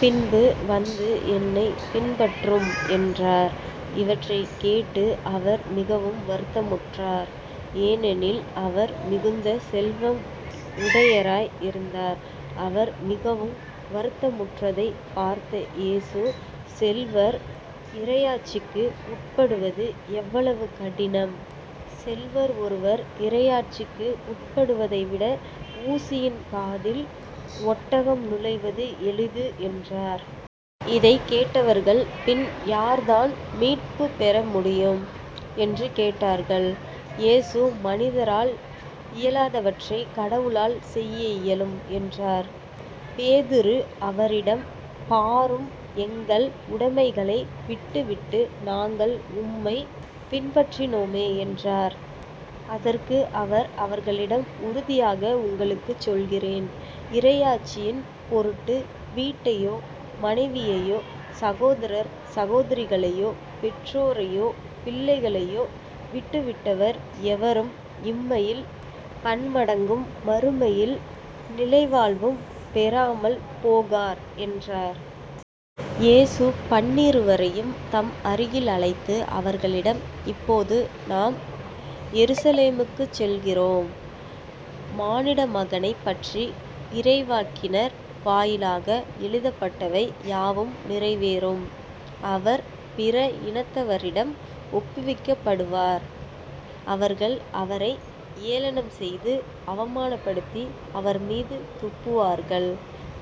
பின்பு வந்து என்னைப் பின்பற்றும் என்றார். இவற்றைக் கேட்டு அவர் மிகவும் வருத்தமுற்றார். ஏனெனில் அவர் மிகுந்த செல்வம் உடையராய் இருந்தார். அவர் மிகவும் வருத்தமுற்றதைப் பார்த்த இயேசு செல்வர் இறையாட்சிக்கு உட்படுவது எவ்வளவு கடினம். செல்வர் ஒருவர் இறையாட்சிக்கு உட்படுவதைவிட ஊசியின் காதில் ஒட்டகம் நுழைவது எளிது என்றார். இதைக் கேட்டவர்கள் பின் யார்தான் மீட்புப் பெற முடியும்? என்று கேட்டார்கள். இயேசு மனிதரால் இயலாதவற்றைக் கடவுளால் செய்ய இயலும் என்றார். பேதுரு அவரிடம் பாரும் எங்கள் உடைமைகளை விட்டுவிட்டு நாங்கள் உம்மைப் பின்பற்றினோமே என்றார். அதற்கு அவர் அவர்களிடம் உறுதியாக உங்களுக்குச் சொல்கிறேன் இறையாட்சியின் பொருட்டு வீட்டையோ மனைவியையோ சகோதரர் சகோதரிகளையோ பெற்றோரையோ பிள்ளைகளையோ விட்டுவிட்டவர் எவரும் இம்மையில் பன்மடங்கும் மறுமையில் நிலைவாழ்வும் பெறாமல் போகார் என்றார். இயேசு பன்னிருவரையும் தம் அருகில் அழைத்து அவர்களிடம் இப்போது நாம் எருசலேமுக்குச் செல்கிறோம் மானிடமகனைப் பற்றி இறைவாக்கினர் வாயிலாக எழுதப்பட்டவை யாவும் நிறைவேறும். அவர் பிற இனத்தவரிடம் ஒப்புவிக்கப்படுவார். அவர்கள் அவரை ஏளனம் செய்து அவமானப்படுத்தி அவர்மீது துப்புவார்கள்.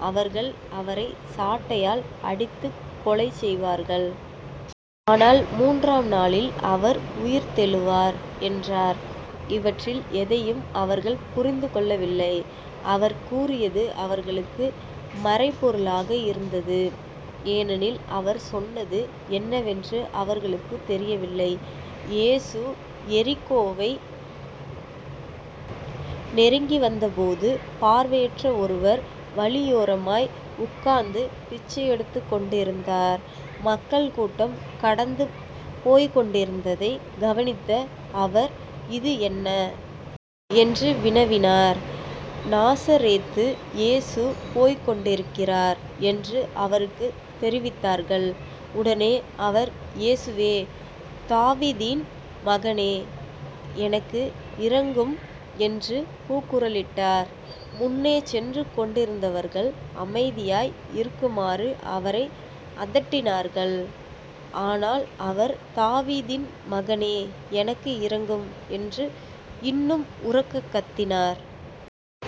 அவர்கள் அவரைச் சாட்டையால் அடித்துக்கொலை செய்வார்கள். ஆனால் மூன்றாம் நாளில் அவர் உயிர்த்தெழுவார் என்றார். இவற்றில் எதையும் அவர்கள் புரிந்து கொள்ளவில்லை. அவர் கூறியது அவர்களுக்கு மறைபொருளாக இருந்தது. ஏனெனில் அவர் சொன்னது என்னவென்று அவர்களுக்குத் தெரியவில்லை. இயேசு எரிகோவை நெருங்கி வந்தபோது பார்வையற்ற ஒருவர் வழியோரமாய் உட்கார்ந்து பிச்சையெடுத்துக் கொண்டிருந்தார். மக்கள் கூட்டம் கடந்து போய்க்கொண்டிருந்ததைக் கவனித்த அவர் இது என்ன? என்று வினவினார். நாசரேத்து இயேசு போய்க் கொண்டிருக்கிறார் என்று அவருக்குத் தெரிவித்தார்கள். உடனே அவர் இயேசுவே தாவீதின் மகனே எனக்கு இரங்கும் என்று கூக்குரலிட்டார். முன்னே சென்று கொண்டிருந்தவர்கள் அமைதியாய் இருக்குமாறு அவரை அதட்டினார்கள். ஆனால் அவர் தாவீதின் மகனே எனக்கு இரங்கும் என்று இன்னும் உரக்கக் கத்தினார்.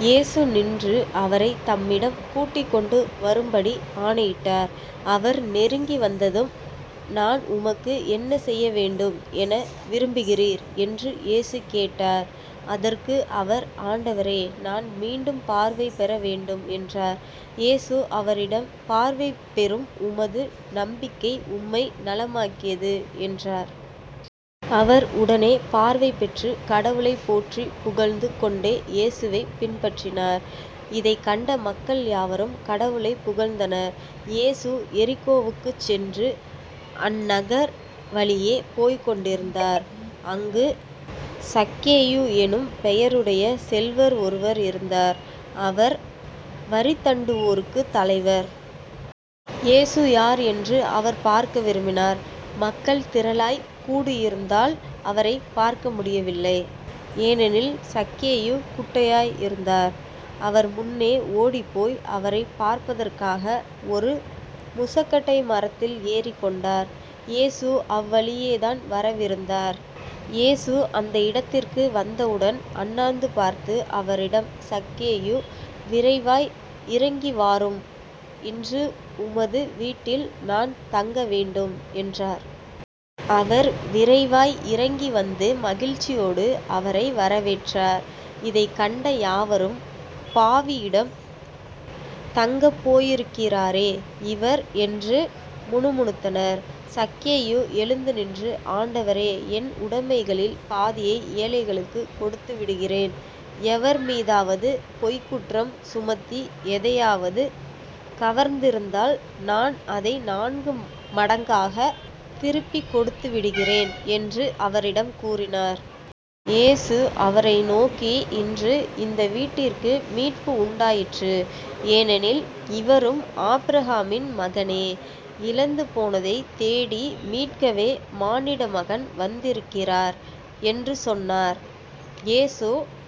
இயேசு நின்று அவரைத் தம்மிடம் கூட்டிக் கொண்டு வரும்படி ஆணையிட்டார். அவர் நெருங்கி வந்ததும் நான் உமக்கு என்ன செய்ய வேண்டும் என விரும்புகிறீர் என்று இயேசு கேட்டார். அதற்கு அவர் ஆண்டவரே நான் மீண்டும் பார்வை பெற வேண்டும் என்றார். இயேசு அவரிடம் பார்வை பெறும் உமது நம்பிக்கை உம்மை நலமாக்கியது என்றார். அவர் உடனே பார்வை பெற்று கடவுளைப் போற்றிப் புகழ்ந்து கொண்டே இயேசுவைப் பின்பற்றினார். இதைக் கண்ட மக்கள் யாவரும் கடவுளைப் புகழ்ந்தனர். இயேசு எரிகோவுக்குச் சென்று அந்நகர் வழியே போய்க் கொண்டிருந்தார். அங்கு சக்கேயு என்னும் பெயருடைய செல்வர் ஒருவர் இருந்தார். அவர் வரிதண்டுவோருக்குத் தலைவர். இயேசு யார் என்று அவர் பார்க்க விரும்பினார் மக்கள் திரளாய்க் கூடியிருந்தால் அவரைப் பார்க்க முடியவில்லை. ஏனெனில் சக்கேயு குட்டையாய் இருந்தார். அவர் முன்னே ஓடிப்போய் அவரைப் பார்ப்பதற்காக ஒரு முசக்கட்டை மரத்தில் ஏறிக் கொண்டார். இயேசு அவ்வழியேதான் வரவிருந்தார். இயேசு அந்த இடத்திற்கு வந்தவுடன் அண்ணாந்து பார்த்து அவரிடம் சக்கேயு விரைவாய் இறங்கிவாரும் இன்று உமது வீட்டில் நான் தங்க வேண்டும் என்றார். அவர் விரைவாய் இறங்கி வந்து மகிழ்ச்சியோடு அவரை வரவேற்றார். இதைக் கண்ட யாவரும் பாவியிடம் தங்கப்போயிருக்கிறாரே இவர் என்று முணுமுணுத்தனர். சக்கேயு எழுந்து நின்று ஆண்டவரே என் உடைமைகளில் பாதியை ஏழைகளுக்குக் கொடுத்துவிடுகிறேன் எவர் மீதாவது பொய்க் குற்றம் சுமத்தி எதையாவது கவர்ந்திருந்தால் நான் அதை நான்கு மடங்காகத் திருப்பிக் கொடுத்து விடுகிறேன் என்று அவரிடம் கூறினார். இயேசு அவரை நோக்கி இன்று இந்த வீட்டிற்கு மீட்பு உண்டாயிற்று ஏனெனில் இவரும் ஆபிரகாமின் மகனே. இழந்து போனதைத் தேடி மீட்கவே மானிடமகன் வந்திருக்கிறார் என்று சொன்னார். இயேசு